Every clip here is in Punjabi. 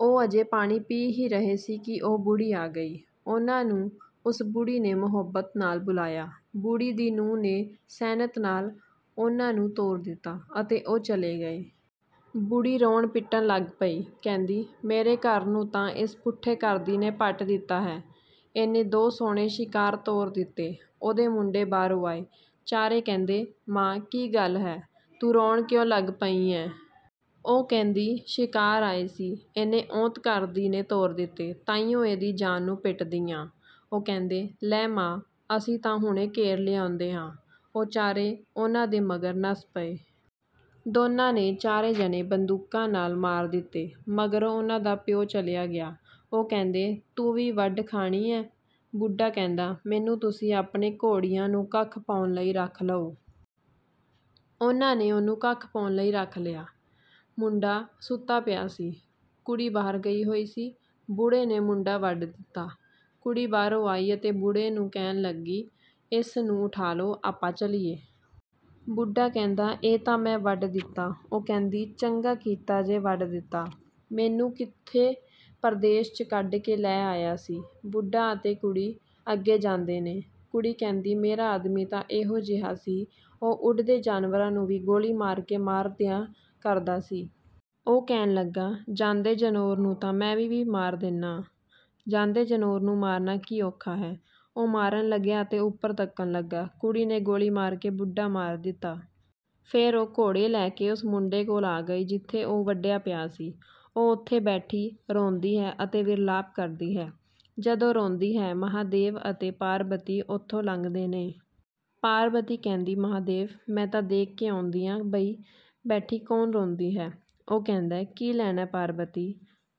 ਉਹ ਅਜੇ ਪਾਣੀ ਪੀ ਹੀ ਰਹੇ ਸੀ ਕਿ ਉਹ ਬੁੜ੍ਹੀ ਆ ਗਈ। ਉਹਨਾਂ ਨੂੰ ਉਸ ਬੁੜ੍ਹੀ ਨੇ ਮੁਹੱਬਤ ਨਾਲ ਬੁਲਾਇਆ। ਬੁੜ੍ਹੀ ਦੀ ਨੂੰਹ ਨੇ ਸੈਨਤ ਨਾਲ ਉਹਨਾਂ ਨੂੰ ਤੋਰ ਦਿੱਤਾ, ਅਤੇ ਉਹ ਚਲੇ ਗਏ। ਬੁੜ੍ਹੀ ਰੋਣ-ਪਿੱਟਣ ਲੱਗ ਪਈ, ਕਹਿੰਦੀ, "ਮੇਰੇ ਘਰ ਨੂੰ ਤਾਂ ਏਸ ਪੁੱਠੇ ਘਰ ਦੀ ਨੇ ਪੱਟ ਦਿੱਤਾ ਹੈ! ਇਹਨੇ ਦੋ ਸੋਹਣੇ ਸ਼ਿਕਾਰ ਤੋਰ ਦਿੱਤੇ।" ਉਹਦੇ ਮੁੰਡੇ ਬਾਹਰੋਂ ਆਏ। ਚਾਰੇ ਕਹਿੰਦੇ, "ਮਾਂ, ਕੀ ਗੱਲ ਹੈ, ਤੂੰ ਰੋਣ ਕਿਉਂ ਲੱਗ ਪਈ ਐਂ?" ਉਹ ਕਹਿੰਦੀ, "ਸ਼ਿਕਾਰ ਆਏ ਸੀ, ਇਹਨੇ ਔਂਤ-ਘਰ ਦੀ ਨੇ ਤੋਰ ਦਿੱਤੇ, ਤਾਂਹੀਓਂ ਇਹਦੀ ਜਾਨ ਨੂੰ ਪਿੱਟਦੀ ਆਂ।" ਉਹ ਕਹਿੰਦੇ, "ਲੈ ਮਾਂ, ਅਸੀਂ ਤਾਂ ਹੁਣੇ ਘੇਰ ਲਿਆਉਂਦੇ ਆਂ।" ਉਹ ਚਾਰੇ ਉਹਨਾਂ ਦੇ ਮਗਰ ਨੱਸ ਪਏ। ਦੋਨਾਂ ਨੇ ਚਾਰੇ ਜਣੇ ਬੰਦੂਕਾਂ ਨਾਲ ਮਾਰ ਦਿੱਤੇ। ਮਗਰੋਂ ਉਹਨਾਂ ਦਾ ਪਿਓ ਚਲਿਆ ਗਿਆ। ਉਹ ਕਹਿੰਦੇ, "ਤੂੰ ਵੀ ਵੱਢ ਖਾਣੀ ਐਂ?" ਬੁੜ੍ਹਾ ਕਹਿੰਦਾ, "ਮੈਨੂੰ ਤੁਸੀਂ ਆਪਣੇ ਘੋੜਿਆਂ ਨੂੰ ਕੱਖ ਪਾਉਣ ਲਈ ਰੱਖ ਲਓ।" ਉਹਨਾਂ ਨੇ ਉਹਨੂੰ ਕੱਖ ਪਾਉਣ ਲਈ ਰੱਖ ਲਿਆ। ਮੁੰਡਾ ਸੁੱਤਾ ਪਿਆ ਸੀ। ਕੁੜੀ ਬਾਹਰ ਗਈ ਹੋਈ ਸੀ। ਬੁੜ੍ਹੇ ਨੇ ਮੁੰਡਾ ਵੱਢ ਦਿੱਤਾ। ਕੁੜੀ ਬਾਹਰੋਂ ਆਈ ਅਤੇ ਬੁੜ੍ਹੇ ਨੂੰ ਕਹਿਣ ਲੱਗੀ, "ਏਸ ਨੂੰ ਉਠਾਲੋ, ਆਪਾਂ ਚੱਲੀਏ।" ਬੁੜ੍ਹਾ ਕਹਿੰਦਾ, "ਇਹ ਤਾਂ ਮੈਂ ਵੱਢ ਦਿੱਤਾ!" ਉਹ ਕਹਿੰਦੀ, "ਚੰਗਾ ਕੀਤਾ ਜੇ ਵੱਢ ਦਿੱਤਾ! ਮੈਨੂੰ ਕਿੱਥੇ ਪਰਦੇਸ 'ਚ ਕੱਢ ਕੇ ਲੈ ਆਇਆ ਸੀ।" ਬੁੜ੍ਹਾ ਅਤੇ ਕੁੜੀ ਅੱਗੇ ਜਾਂਦੇ ਨੇ। ਕੁੜੀ ਕਹਿੰਦੀ, "ਮੇਰਾ ਆਦਮੀ ਤਾਂ ਇਹੋ ਜਿਹਾ ਸੀ, ਉਹ ਉੱਡਦੇ ਜਾਨਵਰਾਂ ਨੂੰ ਵੀ ਗੋਲੀ ਮਾਰ ਕੇ ਮਾਰ ਦਿਆ ਕਰਦਾ ਸੀ।" ਉਹ ਕਹਿਣ ਲੱਗਾ, "ਜਾਂਦੇ ਜਨੌਰ ਨੂੰ ਤਾਂ ਮੈਂ ਵੀ ਮਾਰ ਦਿੰਨਾਂ! ਜਾਂਦੇ ਜਨੌਰ ਨੂੰ ਮਾਰਨਾ ਕੀ ਔਖਾ ਹੈ।" ਉਹ ਮਾਰਨ ਲੱਗਿਆ ਅਤੇ ਉੱਪਰ ਤੱਕਣ ਲੱਗਾ। ਕੁੜੀ ਨੇ ਗੋਲੀ ਮਾਰ ਕੇ ਬੁੜ੍ਹਾ ਮਾਰ ਦਿੱਤਾ। ਫ਼ੇਰ ਉਹ ਘੋੜੇ ਲੈ ਕੇ ਉਸ ਮੁੰਡੇ ਕੋਲ ਆ ਗਈ ਜਿੱਥੇ ਉਹ ਵੱਢਿਆ ਪਿਆ ਸੀ। ਉਹ ਉੱਥੇ ਬੈਠੀ ਰੋਂਦੀ ਹੈ ਅਤੇ ਵਿਰਲਾਪ ਕਰਦੀ ਹੈ। ਜਦ ਉਹ ਰੋਂਦੀ ਹੈ, ਮਹਾਂਦੇਵ ਅਤੇ ਪਾਰਬਤੀ ਉੱਥੋਂ ਲੰਘਦੇ ਨੇ! ਪਾਰਬਤੀ ਕਹਿੰਦੀ, "ਮਹਾਂਦੇਵ, ਮੈਂ ਤਾਂ ਦੇਖ ਕੇ ਆਉਂਦੀ ਆਂ ਬਈ ਬੈਠੀ ਕੌਣ ਰੋਂਦੀ ਹੈ।" ਉਹ ਕਹਿੰਦਾ, "ਕੀ ਲੈਣਾ ਪਾਰਬਤੀ!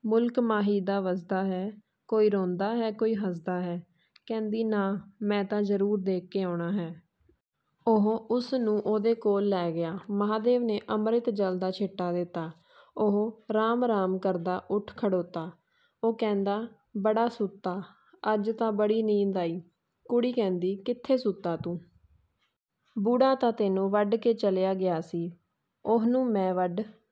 ਮੁਲਕ ਮਾਹੀ ਦਾ ਵਸਦਾ ਹੈ, ਕੋਈ ਰੋਂਦਾ ਹੈ, ਕੋਈ ਹੱਸਦਾ ਹੈ।" ਕਹਿੰਦੀ, "ਨਾ, ਮੈਂ ਤਾਂ ਜ਼ਰੂਰ ਦੇਖ ਕੇ ਆਉਣਾ ਹੈ।" ਉਹ ਉਸ ਨੂੰ ਉਹਦੇ ਕੋਲ ਲੈ ਗਿਆ। ਮਹਾਂਦੇਵ ਨੇ ਅੰਮ੍ਰਿਤ ਜਲ ਦਾ ਛਿੱਟਾ ਦਿੱਤਾ। ਉਹ 'ਰਾਮ-ਰਾਮ' ਕਰਦਾ ਉੱਠ ਖੜ੍ਹੋਤਾ! ਉਹ ਕਹਿੰਦਾ, "ਬੜਾ ਸੁੱਤਾ, ਅੱਜ ਤਾਂ ਬੜੀ ਨੀਂਦ ਆਈ।" ਕੁੜੀ ਕਹਿੰਦੀ, "ਕਿੱਥੇ ਸੁੱਤਾ ਤੂੰ! ਬੁੜ੍ਹਾ ਤਾਂ ਤੈਨੂੰ ਵੱਢ ਕੇ ਚਲਿਆ ਗਿਆ ਸੀ, ਉਹਨੂੰ ਮੈਂ ਵੱਢ